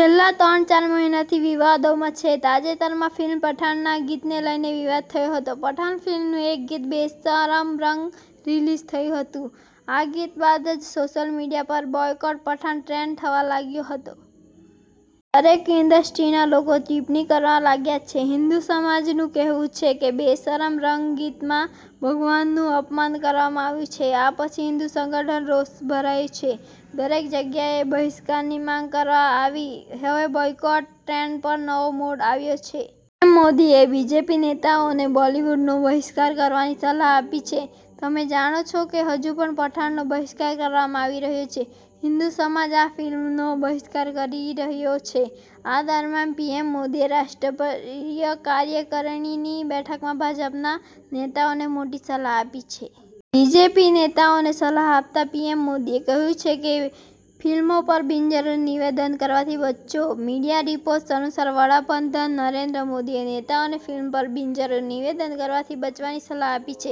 છેલ્લા ત્રણ-ચાર મહિનાથી વિવાદોમાં છે. તાજેતરમાં ફિલ્મ પઠાણના ગીતને લઈને વિવાદ થયો હતો. પઠાણ ફિલ્મનું એક ગીત બેશરમ રંગ રિલીઝ થયું હતું, આ ગીત બાદ જ સોશિયલ મીડિયા પર બોયકોટ પઠાણ ટ્રેન્ડ થવા લાગ્યો હતો. દરેક ઈન્ડસ્ટ્રીના લોકો ટીપ્પણી કરવા લાગ્યા છે, હિન્દુ સમાજનું કહેવું છે કે બેશરમ રંગ ગીતમાં ભગવાનું અપમાન કરવામાં આવ્યું છે. આ પછી હિન્દુ સંગઠન રોષે ભરાયું, દરેક જગ્યાએ બહિષ્કારની માંગ કરવામાં આવી. હવે બોયકોટ ટ્રેન્ડ પર નવો મોડ આવ્યો છે. પીએમ મોદી એ બીજેપી નેતાઓને બોલીવુડનો બહિષ્કાર કરવાની સલાહ આપી છે. તમે જાણો છો કે હજુ પણ પઠાણનો બહિષ્કાર કરવામાં આવી રહ્યો છે. હિંદુ સમાજ આ ફિલ્મનો બહિષ્કાર કરી રહ્યો છે. આ દરમિયાન પીએમ મોદીએ રાષ્ટ્રીય કાર્યકારિણીની બેઠકમાં ભાજપના નેતાઓને મોટી સલાહ આપી છે. બીજેપી નેતાઓને સલાહ આપતા પીએમ મોદીએ કહ્યું છે કે ફિલ્મો પર બિનજરૂરી નિવેદનો કરવાથી બચો. મીડિયા રિપોર્ટ્સ અનુસાર વડાપ્રધાન નરેન્દ્ર મોદીએ નેતાઓને ફિલ્મો પર બિનજરૂરી નિવેદનો કરવાથી બચવાની સલાહ આપી છે.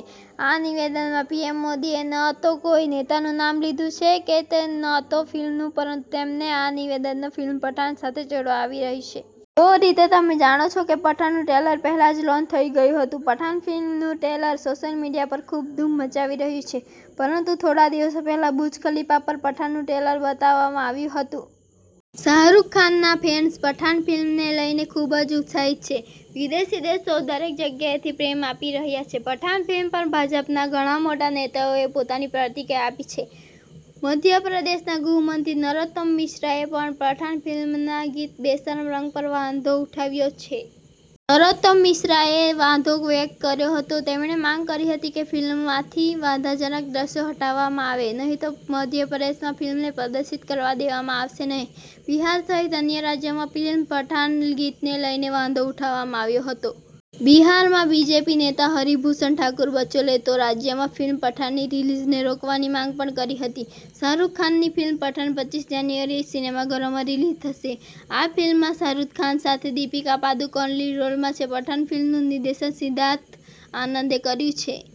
આ નિવેદનમાં પીએમ મોદીએ ન તો કોઈ નેતાનું નામ લીધું છે કે ન તો ફિલ્મનું, પરંતુ તેમના આ નિવેદનને ફિલ્મ પઠાણ સાથે જોડવામાં આવી રહ્યું છે. જે રીતે તમે જાણો છો કે પઠાણનું ટ્રેલર પહેલા જ લોન્ચ થઈ ગયું હતું. પઠાણ ફિલ્મનું ટ્રેલર સોશિયલ મીડિયા પર ખૂબ ધૂમ મચાવી રહ્યું છે. પરંતુ થોડા દિવસો પહેલા બુર્જ ખલીફા પર પઠાણનું ટ્રેલર બતાવવામાં આવ્યું હતું. શાહરૂખ ખાનના ફેન્સ પઠાણ ફિલ્મને લઈને ખૂબ જ ઉત્સાહિત છે. વિદેશી દેશો દરેક જગ્યાએથી પ્રેમ આપી રહ્યા છે. પઠાણ ફિલ્મ પર ભાજપના ઘણા મોટા નેતાઓએ પોતાની પ્રતિક્રિયા આપી છે. મધ્યપ્રદેશના ગૃહમંત્રી નરોત્તમ મિશ્રાએ પણ પઠાણ ફિલ્મના ગીત બેશરમ રંગ પર વાંધો ઉઠાવ્યો છે. નરોત્તમ મિશ્રા એ વાંધો વ્યક્ત કર્યો હતો. તેમણે માંગ કરી હતી કે ફિલ્મમાંથી વાંધાજનક દ્રશ્યો હટાવવામાં આવે નહીંતર મધ્યપ્રદેશમાં ફિલ્મને પ્રદર્શિત કરવા દેવામાં આવશે નહીં. બિહાર સહિત અન્ય રાજ્યોમાં ફિલ્મ પઠાણના ગીતને લઈને વાંધો ઉઠાવવામાં આવ્યો હતો. બિહારમાં બીજેપી નેતા હરિ ભૂષણ ઠાકુર બચૌલે તો રાજ્યમાં ફિલ્મ પઠાણની રિલીઝને રોકવાની માંગ પણ કરી હતી. શાહરૂખ ખાનની ફિલ્મ પઠાણ પચીસ જાન્યુઆરીએ સિનેમાઘરોમાં રિલીઝ થશે. આ ફિલ્મમાં શાહરૂખ ખાન સાથે દીપિકા પાદુકોણ લીડ રોલમાં છે. પઠાણ ફિલ્મનું નિર્દેશન સિદ્ધાર્થ આનંદે કર્યું છે.